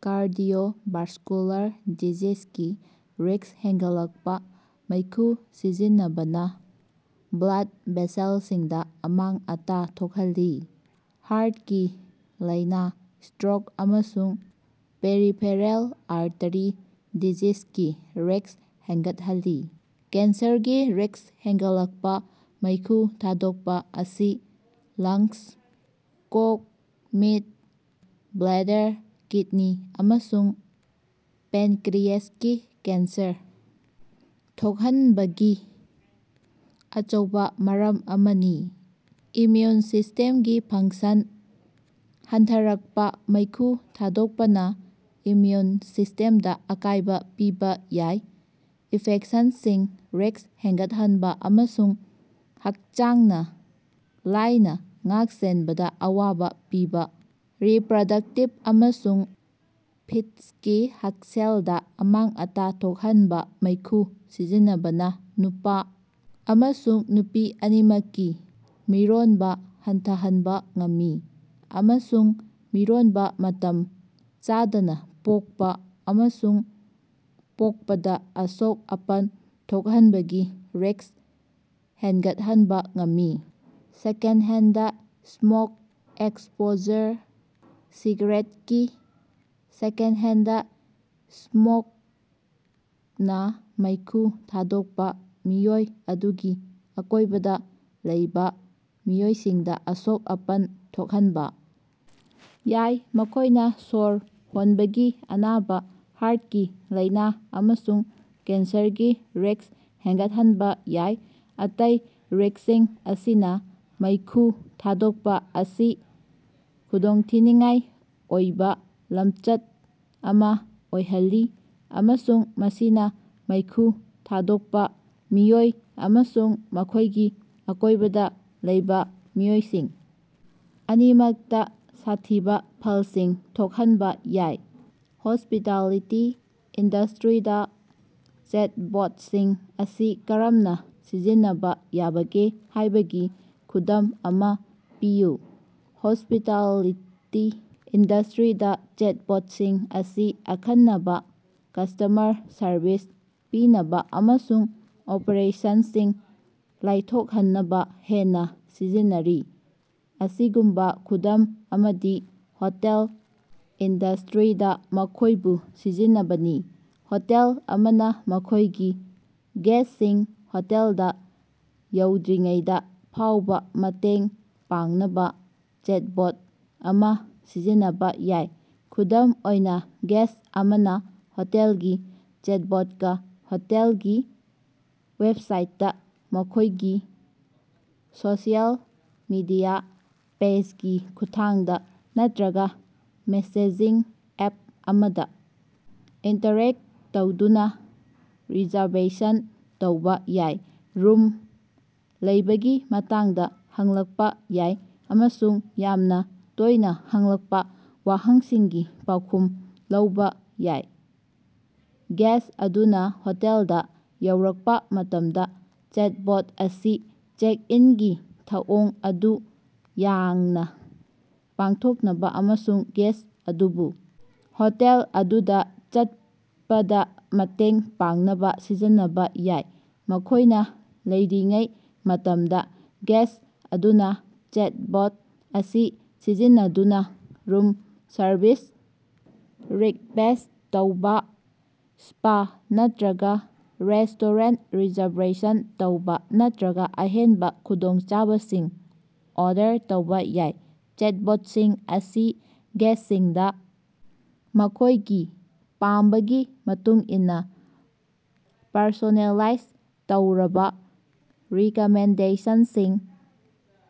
Cardiovascular ꯗꯤꯖꯤꯖꯒꯤ risk ꯍꯦꯟꯒꯠꯂꯛꯄꯥ: ꯃꯩꯈꯨ ꯁꯤꯖꯤꯟꯅꯕꯅ ꯕ꯭ꯂꯗ ꯚꯦꯁꯦꯜꯁꯤꯡꯗ ꯑꯃꯥꯡ-ꯑꯇꯥ ꯊꯣꯛꯍꯜꯂꯤ, ꯍꯥꯔꯠꯀꯤ ꯂꯥꯏꯅꯥ, ꯁ꯭ꯇꯔꯣꯛ ꯑꯃꯁꯨꯡ ꯄꯦꯔꯤꯐꯦꯔꯦꯜ ꯑꯥꯔꯇꯦꯔꯤ ꯗꯤꯖꯤꯖꯒꯤ ꯔꯤꯛ꯭ꯁ ꯍꯦꯟꯒꯠꯍꯜꯂꯤ꯫ ꯀꯦꯟꯁꯔꯒꯤ ꯔꯤꯛ꯭ꯁ ꯍꯦꯟꯒꯠꯂꯛꯄꯥ: ꯃꯩꯈꯨ ꯊꯥꯗꯣꯛꯄ ꯑꯁꯤ ꯂꯪꯁ, ꯀꯣꯛ, ꯃꯤꯠ, ꯕ꯭ꯂꯦꯗꯔ, ꯀꯤꯗꯅꯤ, ꯑꯃꯁꯨꯡ ꯄꯦꯟꯀꯔꯤꯑꯦꯁꯀꯤ ꯀꯦꯟꯁꯔ ꯊꯣꯛꯍꯟꯕꯒꯤ ꯑꯆꯧꯕ ꯃꯔꯝ ꯑꯃꯅꯤ꯫ ꯏꯝꯃꯌꯨꯟ ꯁꯤꯁ꯭ꯇꯦꯝꯒꯤ ꯐꯪꯁꯟ ꯍꯟꯊꯔꯛꯄꯥ: ꯃꯩꯈꯨ ꯊꯥꯗꯣꯛꯄꯅ ꯏꯝꯃ꯭ꯌꯨꯟ ꯁꯤꯁ꯭ꯇꯦꯝꯗ ꯑꯀꯥꯏꯕ ꯄꯤꯕ ꯌꯥꯏ, ꯏꯟꯐꯦꯛꯁꯟꯒꯤ ꯔꯤꯛ꯭ꯁ ꯍꯦꯟꯒꯠꯍꯟꯕ ꯑꯃꯁꯨꯡ ꯍꯛꯆꯥꯡꯅ ꯂꯥꯏꯅ ꯂꯥꯛꯁꯤꯟꯕꯗ ꯑꯋꯥꯕꯥ ꯄꯤ꯫ ꯔꯤꯄ꯭ꯔꯗꯛꯇꯤꯚ ꯑꯃꯁꯨꯡ ꯐꯤꯇꯁꯀꯤ ꯍꯛꯁꯦꯜꯗ ꯑꯃꯥꯡ-ꯑꯇꯥ ꯊꯣꯛꯍꯟꯕꯥ: ꯃꯩꯈꯨ ꯁꯤꯖꯤꯟꯅꯕꯅ ꯅꯨꯄꯥ ꯑꯃꯁꯨꯡ ꯅꯨꯄꯤ ꯑꯅꯤꯃꯛꯀꯤ ꯃꯤꯔꯣꯟꯕ ꯍꯟꯊꯍꯟꯕ ꯉꯝꯃꯤ ꯑꯃꯁꯨꯡ ꯃꯤꯔꯣꯟꯕꯥ, ꯃꯇꯝ ꯆꯥꯗꯅ ꯄꯣꯛꯄ ꯑꯃꯁꯨꯡ ꯄꯣꯛꯄꯗ ꯑꯁꯣꯛ-ꯑꯄꯟ ꯊꯣꯛꯍꯟꯕꯒꯤ ꯔꯤꯛ꯭ꯁ ꯍꯦꯟꯒꯠꯍꯟꯕ ꯉꯝꯃꯤ꯫ ꯁꯦꯀꯦꯟꯗꯍꯦꯟꯗ ꯁ꯭ꯃꯣꯛ ꯑꯦꯛꯁꯄꯣꯖꯔ: ꯁꯤꯒꯥꯔꯦꯠꯒꯤ ꯁꯦꯀꯦꯟꯗꯍꯦꯟꯗ ꯁ꯭ꯃꯣꯛꯅꯥ ꯃꯩꯈꯨ ꯊꯥꯗꯣꯛꯄ ꯃꯤꯑꯣꯏ ꯑꯗꯨꯒꯤ ꯑꯀꯣꯏꯕꯗ ꯂꯩꯕ ꯃꯤꯑꯣꯏꯁꯤꯡꯗ ꯑꯁꯣꯛ-ꯑꯄꯟ ꯊꯣꯛꯍꯟꯕ ꯌꯥꯏ, ꯃꯈꯣꯏꯅ ꯁ꯭ꯋꯔ ꯍꯣꯟꯕꯒꯤ ꯑꯅꯥꯕ, ꯍꯥꯔꯠꯀꯤ ꯂꯥꯏꯅ ꯑꯃꯁꯨꯡ ꯀꯦꯟꯁꯔꯒꯤ ꯔꯤꯛ꯭ꯁ ꯍꯦꯟꯒꯠꯍꯟꯕ ꯌꯥꯏ꯫ ꯑꯇꯩ ꯔꯤꯛꯁꯁꯤꯡ ꯑꯁꯤꯅ ꯃꯩꯈꯨ ꯊꯥꯗꯣꯛꯄ ꯑꯁꯤ ꯈꯨꯗꯣꯡꯊꯤꯅꯤꯉꯥꯏ ꯑꯣꯏꯕ ꯂꯝꯆꯠ ꯑꯃꯥ ꯑꯣꯏꯍꯜꯂꯤ ꯑꯃꯁꯨꯡ ꯃꯁꯤꯅ ꯃꯩꯈꯨ ꯊꯥꯗꯣꯛꯄ ꯃꯤꯑꯣꯏ ꯑꯃꯁꯨꯡ ꯃꯈꯣꯏꯒꯤ ꯑꯀꯣꯏꯕꯗ ꯂꯩꯕ ꯃꯤꯑꯣꯏꯁꯤꯡ ꯑꯅꯤꯃꯛꯇ ꯁꯥꯊꯤꯕ ꯐꯜꯁꯤꯡ ꯊꯣꯛꯍꯟꯕ ꯌꯥꯏ꯫ ꯍꯣꯁ꯭ꯄꯤꯇꯥꯂꯤꯇꯤ ꯏꯟꯗꯁ꯭ꯇꯔꯤꯗ ꯆꯦꯠꯕꯣꯠꯁꯤꯡ ꯑꯁꯤ ꯀꯔꯝꯅ ꯁꯤꯖꯤꯟꯅꯕ ꯌꯥꯕꯒꯦ ꯍꯥꯏꯕꯒꯤ ꯈꯨꯗꯝ ꯑꯃꯥ ꯄꯤꯌꯨ꯫ ꯍꯣꯁ꯭ꯄꯤꯇꯥꯂꯤꯇꯤ ꯏꯟꯗꯁ꯭ꯇꯔꯤꯗꯥ ꯆꯦꯠꯕꯣꯠꯁꯤꯡ ꯑꯁꯤ ꯑꯈꯟꯅꯕ ꯀꯁ꯭ꯇꯃꯔ ꯁꯔꯕꯤꯁ ꯄꯤꯅꯕ ꯑꯃꯁꯨꯡ ꯑꯣꯄꯔꯦꯁꯟꯁꯤꯡ ꯂꯥꯏꯊꯣꯛꯍꯟꯅꯕ ꯍꯦꯟꯅ ꯁꯤꯖꯤꯟꯅꯔꯤ꯫ ꯑꯁꯤꯒꯨꯝꯕ ꯈꯨꯗꯝ ꯑꯃꯗꯤ ꯍꯣꯇꯦꯜ ꯏꯟꯗꯁ꯭ꯇꯔꯤꯗ ꯃꯈꯣꯏꯕꯨ ꯁꯤꯖꯤꯟꯅꯕꯅꯤ꯫ ꯍꯣꯇꯦꯜ ꯑꯃꯅ ꯃꯈꯣꯏꯒꯤ ꯒꯦꯁ꯭ꯠꯁꯤꯡ ꯍꯣꯇꯦꯜꯗ ꯌꯧꯗ꯭ꯔꯤꯉꯩꯗ ꯐꯥꯎꯕ ꯃꯇꯦꯡ ꯄꯥꯡꯅꯕ ꯆꯦꯠꯕꯣꯠ ꯑꯃꯥ ꯁꯤꯖꯤꯟꯅꯕ ꯌꯥꯏ꯫ ꯈꯨꯗꯝ ꯑꯣꯏꯅ, ꯒꯦꯁ꯭ꯠ ꯑꯃꯅ ꯍꯣꯇꯦꯜꯒꯤ ꯆꯦꯠꯕꯣꯠꯀꯥ ꯍꯣꯇꯦꯜꯒꯤ ꯋꯦꯕꯁꯥꯏꯠꯇ, ꯃꯈꯣꯏꯒꯤ ꯁꯣꯁꯤꯑꯦꯜ ꯃꯤꯗꯤꯌꯥ ꯄꯦꯖꯒꯤ ꯈꯨꯠꯊꯥꯡꯗ ꯅꯠꯇ꯭ꯔꯒ ꯃꯦꯁꯦꯖꯤꯡ ꯑꯦꯞ ꯑꯃꯗ ꯏꯟꯇꯔꯦꯛ ꯇꯧꯗꯨꯅ ꯔꯤꯖꯔꯕꯦꯁꯟ ꯇꯧꯕ ꯌꯥꯏ, ꯔꯨꯝ ꯂꯩꯕꯒꯤ ꯃꯇꯥꯡꯗ ꯍꯪꯂꯛꯄꯥ ꯌꯥꯏ ꯑꯃꯁꯨꯡ ꯌꯥꯝꯅ ꯇꯣꯏꯅ ꯍꯪꯂꯛꯄ ꯋꯥꯍꯪꯁꯤꯡꯒꯤ ꯄꯥꯎꯈꯨꯝ ꯂꯧꯕꯥ ꯌꯥꯏ꯫ ꯒꯦꯁ꯭ꯠ ꯑꯗꯨꯅ ꯍꯣꯇꯦꯜꯗꯥ ꯌꯧꯔꯛꯄ ꯃꯇꯝꯗ, ꯆꯦꯠꯕꯣꯠ ꯑꯁꯤ ꯆꯦꯛ-ꯏꯟꯒꯤ ꯊꯧꯑꯣꯡ ꯑꯗꯨ ꯌꯥꯡꯅ ꯄꯥꯡꯊꯣꯛꯅꯕ ꯑꯃꯁꯨꯡ ꯒꯦꯁ꯭ꯠ ꯑꯗꯨꯕꯨ ꯍꯣꯇꯦꯜ ꯑꯗꯨꯗ ꯆꯠꯄꯗ ꯃꯇꯦꯡ ꯄꯥꯡꯅꯕ ꯁꯤꯖꯤꯟꯅꯕ ꯌꯥꯏ꯫ ꯃꯈꯣꯏꯅ ꯂꯩꯔꯤꯉꯩ ꯃꯇꯝꯗ, ꯒꯦꯁ꯭ꯠ ꯑꯗꯨꯅ ꯆꯦꯠꯕꯣꯠ ꯑꯁꯤ ꯁꯤꯖꯤꯟꯅꯗꯨꯅ ꯔꯨꯝ ꯁꯔꯚꯤꯁ ꯔꯤꯛꯕꯦꯁ꯭ꯠ ꯇꯧꯕ, ꯁ꯭ꯄꯥ ꯅꯠꯇ꯭ꯔꯒ ꯔꯦꯁ꯭ꯇꯣꯔꯦꯟ ꯔꯤꯖꯔꯕꯦꯁꯟ ꯇꯧꯕ ꯅꯠꯇ꯭ꯔꯒ ꯑꯍꯦꯟꯕ ꯈꯨꯗꯣꯡꯆꯥꯕꯁꯤꯡ ꯑꯣꯔꯗꯔ ꯇꯧꯕꯥ ꯌꯥꯏ꯫ ꯆꯦꯠꯕꯣꯠꯁꯤꯡ ꯑꯁꯤ ꯒꯦꯁ꯭ꯠꯁꯤꯡꯗ ꯃꯈꯣꯏꯒꯤ ꯄꯥꯝꯕꯒꯤ ꯃꯇꯨꯡꯏꯟꯅ ꯄꯔꯁꯣꯅꯦꯂꯥꯏꯖ ꯇꯧꯔꯕ ꯔꯤꯀꯃꯦꯟꯗꯦꯁꯟꯁꯤꯡ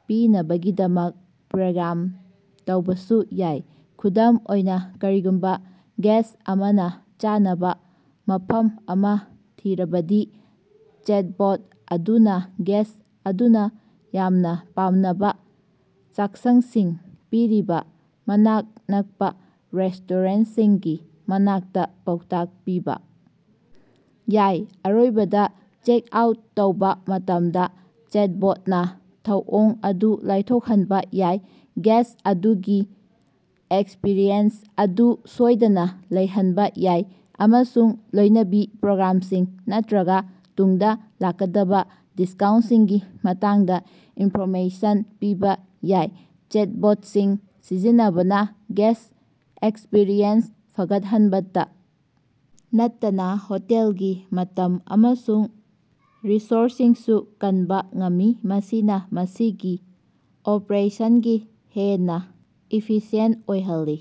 ꯄꯤꯅꯕꯒꯤꯗꯃꯛ ꯄ꯭ꯔꯣꯒ꯭ꯔꯥꯝ ꯇꯧꯕꯁꯨ ꯌꯥꯏ꯫ ꯈꯨꯗꯝ ꯑꯣꯏꯅꯥ, ꯀꯔꯤꯒꯨꯝꯕ ꯒꯦꯁ꯭ꯠ ꯑꯃꯅ ꯆꯥꯅꯕ ꯃꯐꯝ ꯑꯃ ꯊꯤꯔꯕꯗꯤ, ꯆꯦꯠꯕꯣꯠ ꯑꯗꯨꯅ ꯒꯦꯁ꯭ꯠ ꯑꯗꯨꯅ ꯌꯥꯝꯅ ꯄꯥꯝꯅꯕ ꯆꯥꯛꯁꯪꯁꯤꯡ ꯄꯤꯔꯤꯕ ꯃꯅꯥꯛ ꯅꯛꯄ ꯔꯦꯁ꯭ꯇꯣꯔꯦꯟꯠꯁꯤꯡꯒꯤ ꯃꯇꯥꯡꯗ ꯄꯥꯎꯇꯥꯛ ꯄꯤꯕ ꯌꯥꯏ꯫ ꯑꯔꯣꯏꯕꯗ, ꯆꯦꯛꯑꯥꯎꯠ ꯇꯧꯕ ꯃꯇꯝꯗ, ꯆꯦꯠꯕꯣꯠꯅ ꯊꯧꯑꯣꯡ ꯑꯗꯨ ꯂꯥꯏꯊꯣꯛꯍꯟꯕ ꯌꯥꯏ, ꯒꯦꯁ꯭ꯠ ꯑꯗꯨꯒꯤ ꯑꯦꯛꯁꯄꯤꯔꯤꯑꯦꯟꯁ ꯑꯗꯨ ꯁꯣꯏꯗꯅ ꯂꯩꯍꯟꯕ ꯌꯥꯏ, ꯑꯃꯁꯨꯡ ꯂꯣꯏꯅꯕꯤ ꯄ꯭ꯔꯣꯒ꯭ꯔꯥꯝꯁꯤꯡ ꯅꯠꯇꯔꯒ ꯇꯨꯡꯗ ꯂꯥꯛꯀꯗꯕ ꯗꯤꯁꯀꯥꯎꯟꯠꯁꯤꯡꯒꯤ ꯃꯇꯥꯡꯗ ꯏꯟꯐꯣꯔꯃꯦꯁꯟ ꯄꯤꯕ ꯌꯥꯏ꯫ ꯆꯦꯠꯕꯣꯠꯁꯤꯡ ꯁꯤꯖꯤꯟꯅꯕꯅ ꯒꯦꯁ꯭ꯠ ꯑꯦꯛꯁꯄꯤꯔꯤꯑꯦꯟꯁ ꯐꯒꯠꯍꯟꯕꯇ ꯅꯠꯇꯅ ꯍꯣꯇꯦꯜꯒꯤ ꯃꯇꯝ ꯑꯃꯁꯨꯡ ꯔꯤꯁꯣꯔꯁꯁꯤꯡꯁꯨ ꯀꯟꯕ ꯉꯝꯃꯤ, ꯃꯁꯤꯅ ꯃꯁꯤꯒꯤ ꯑꯣꯄꯔꯦꯁꯟꯁꯤꯡ ꯍꯦꯟꯅ ꯏꯐꯤꯁꯤꯌꯦꯟꯠ ꯑꯣꯏꯍꯜꯂꯤ꯫